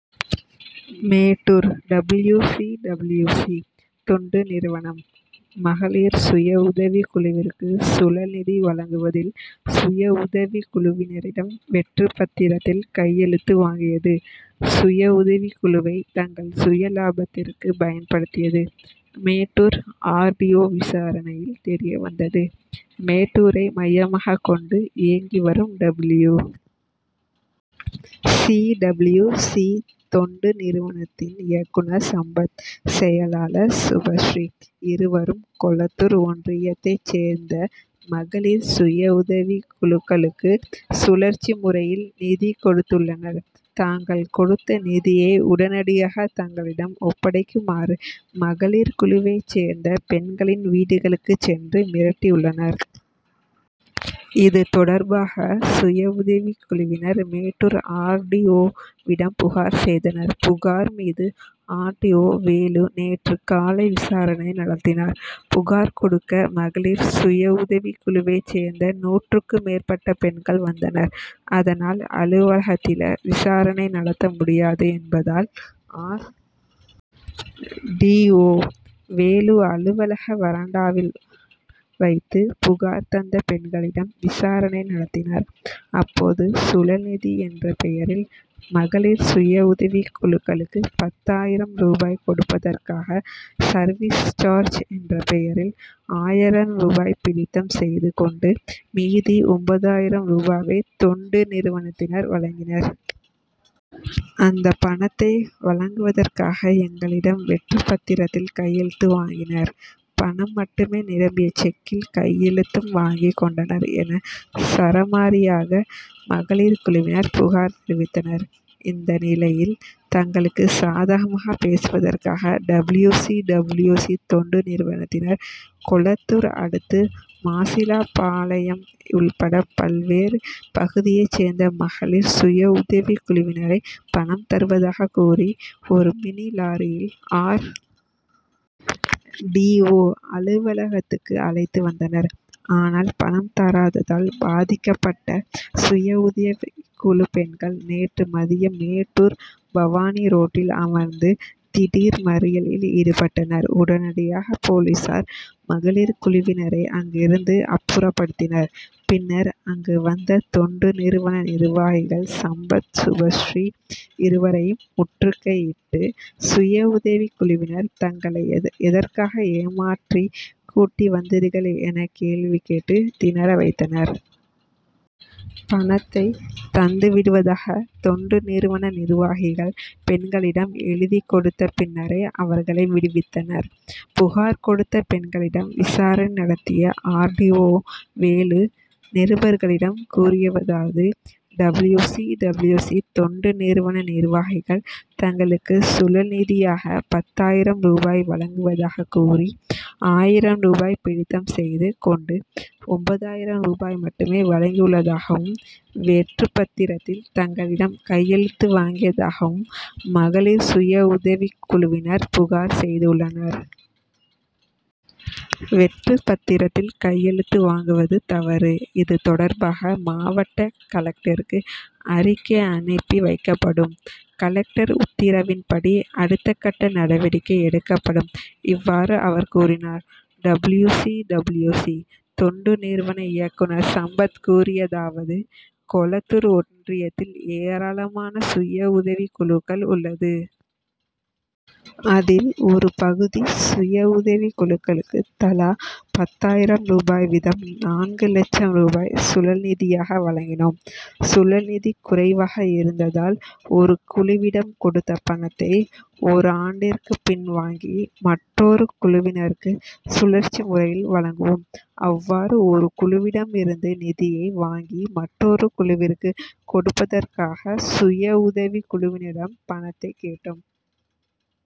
Mettur: W. C., W. C., தொண்டு நிறுவனம், மகளிர் சுய உதவி குழுவிற்கு சுழல்நிதி வழங்குவதில், சுய உதவி குழுவினரிடம் வெற்று பத்திரத்தில் கையெழுத்து வாங்கியது, சுயஉதவி குழுவை தங்கள் சுயலாபத்திற்கு பயன்படுத்தியது, மேட்டூர் ஆர். டி. ஓ.,விசாரணையில் தெரியவந்தது. மேட்டூரை மையமாக கொண்டு இயங்கி வரும் டபில்யூ. C., W. சி., தொண்டு நிறுவனத்தின் இயக்குனர் சம்பத். செயலாளர் சுபஸ்ரீ. இருவரும் கொளத்தூர் ஒன்றியத்தை சேர்ந்த மகளிர் சுய உதவி குழுக்களுக்கு சுழற்சி முறையில் நிதி கொடுத்துள்ளனர். தாங்கள் கொடுத்த நிதியை உடனடியாக தங்களிடம் ஒப்படைக்குமாறு மகளிர் குழுவை சேர்ந்த பெண்களின் வீடுகளுக்கு சென்று மிரட்டியுள்ளனர். இதுதொடர்பாக சுயஉதவி குழுவினர் மேட்டூர் ஆர். டி. ஓ.,விடம் புகார் செய்தனர். புகார் மீது ஆர். டி. ஓ., வேலு நேற்று காலை விசாரணை நடத்தினார். புகார் கொடுக்க மகளிர் சுய உதவி குழுவை சேர்ந்த நூற்றுக்கும் மேற்பட்ட பெண்கள் வந்ததனர். அதனால், அலுவலகத்தில விசாரணை நடத்த முடியாது என்பதால், ஆர். டி. ஓ.,வேலு அ லுவலக வராண்டாவில் வைத்து புகார் தந்த பெண்களிடம் விசாரணை நடத்தினார். அப்போது, "சுழல்நிதி என்ற பெயரில் மகளிர் சுய உதவி குழுக்களுக்கு, பத்தாயிரம் ரூபாய் கொடுப்பதற்காக, சர்வீஸ் சார்ஜ் என்ற பெயரில் ஆயிரம் ரூபாய் பிடித்தம் செய்து கொண்டு, மீதி ஒன்பதாயிரம் ரூபாயை தொண்டு நிறுவனத்தினர் வழங்கினர். அந்த பணத்தை வழங்குவதற்காக எங்களிடம் வெற்று பத்திரத்தில் கையெழுத்து வாங்கினர். பணம் மட்டுமே நிரப்பிய செக்கில் கையெழுத்தும் வாங்கி கொண்டனர்' என சரமாரியாக மகளிர் குழுவினர் புகார் தெரிவித்தனர். இந்நிலையில், தங்களுக்கு சாதமாக பேசுவதற்காக டபில்யூ. C., W. சி., தொண்டு நிறுவனத்தினர், கொளத்தூர் அடுத்த மாசிலாபாளையம் உள்பட பல்வேறு பகுதியை சேர்ந்த மகளிர் சுய உதவி குழுவினரை, பணம் தருவதாக கூறி ஒரு மினி லாரியில் ஆர். டி. ஓ., அலுவலகத்துக்கு அழைத்து வந்தனர். ஆனால், பணம் தராததால் பாதிக்கப்பட்ட சுயஉதவி குழு பெண்கள் நேற்று மதியம் மேட்டூர்-பவானி ரோட்டில் அமர்ந்து திடீர் மறியலில் ஈடுபட்டனர். உடனடியாக போலீஸார், மகளிர் குழுவினரை அங்கிருந்து அப்புறப்படுத்தினர். பின்னர் அங்கு வந்த தொண்டு நிறுவன நிர்வாகிகள் சம்பத், சுபஸ்ரீ இருவரையும் முற்றுகையிட்ட சுய உதவி குழுவினர், தங்களை எதற்காக ஏமாற்றி கூட்டி வந்தீர்கள் என கேள்வி கேட்டு தினறவைத்தனர். பணத்தை தந்து விடுவதாக தொண்டு நிறுவன நிர்வாகிகள் பெண்களிடம் எழுதி கொடுத்த பின்னரே அவர்களை விடுவித்தனர். புகார் கொடுத்த பெண்களிடம் விசாரணை நடத்திய ஆர். டி. ஓ., வேலு நிருபர்களிடம் கூறியதாவது:டபில்யூ. C., W. சி., தொண்டு நிறுவன நிர்வாகிகள், தங்களுக்கு சுழல்நிதியாக பத்தாயிரம் ரூபாய் வழங்குவதாக கூறி, ஆயிரம் ரூபாய் பிடித்தம் செய்து கொண்டு ஒன்பதாயிரம் ரூபாய் மட்டுமே வழங்கியுள்ளதாகவும், வெற்றுபத்திரத்தில் தங்களிடம் கையெழுத்து வாங்கியதாகவும் மகளிர் சுய உதவி குழுவினர் புகார் செய்துள்ளனர். வெற்று பத்திரத்தில் கையெழுத்து வாங்குவது தவறு. இதுதொடர்பாக மாவட்ட கலெக்டருக்கு அறிக்கை அனுப்பி வைக்கப்படும். கலெக்டர் உத்தரவின்படி அடுத்தகட்ட நடவடிக்கை எடுக்கப்படும்இவ்வாறு அவர் கூறினார். டபில்யூ. C., W. சி., தொண்டு நிறுவன இயக்குனர் சம்பத் கூறியதாவது: கொளத்தூர் ஒன்றியத்தில் ஏராளமான சுய உதவி குழுக்கள் உள்ளது. அதில், ஒருபகுதி சுய உதவி குழுக்களுக்கு தலா பத்தாயிரம் ரூபாய் வீதம் நான்கு லட்சம் ரூபாய் சுழல்நிதியாக வழங்கினோம். சுழல்நிதி குறைவாக இருந்ததால், ஒரு குழுவிடம் கொடுத்த பணத்தை, ஒரு ஆண்டிற்கு பின் வாங்கி மற்றொரு குழுவினருக்கு சுழற்சி முறையில் வழங்குவோம். அவ்வாறு ஒரு குழுவிடம் இருந்து நிதியை வாங்கி மற்றொரு குழுவிற்கு கொடுப்பதற்காகவே, சுயஉதவி குழுவினரிடம் பணத்தை கேட்டோம்.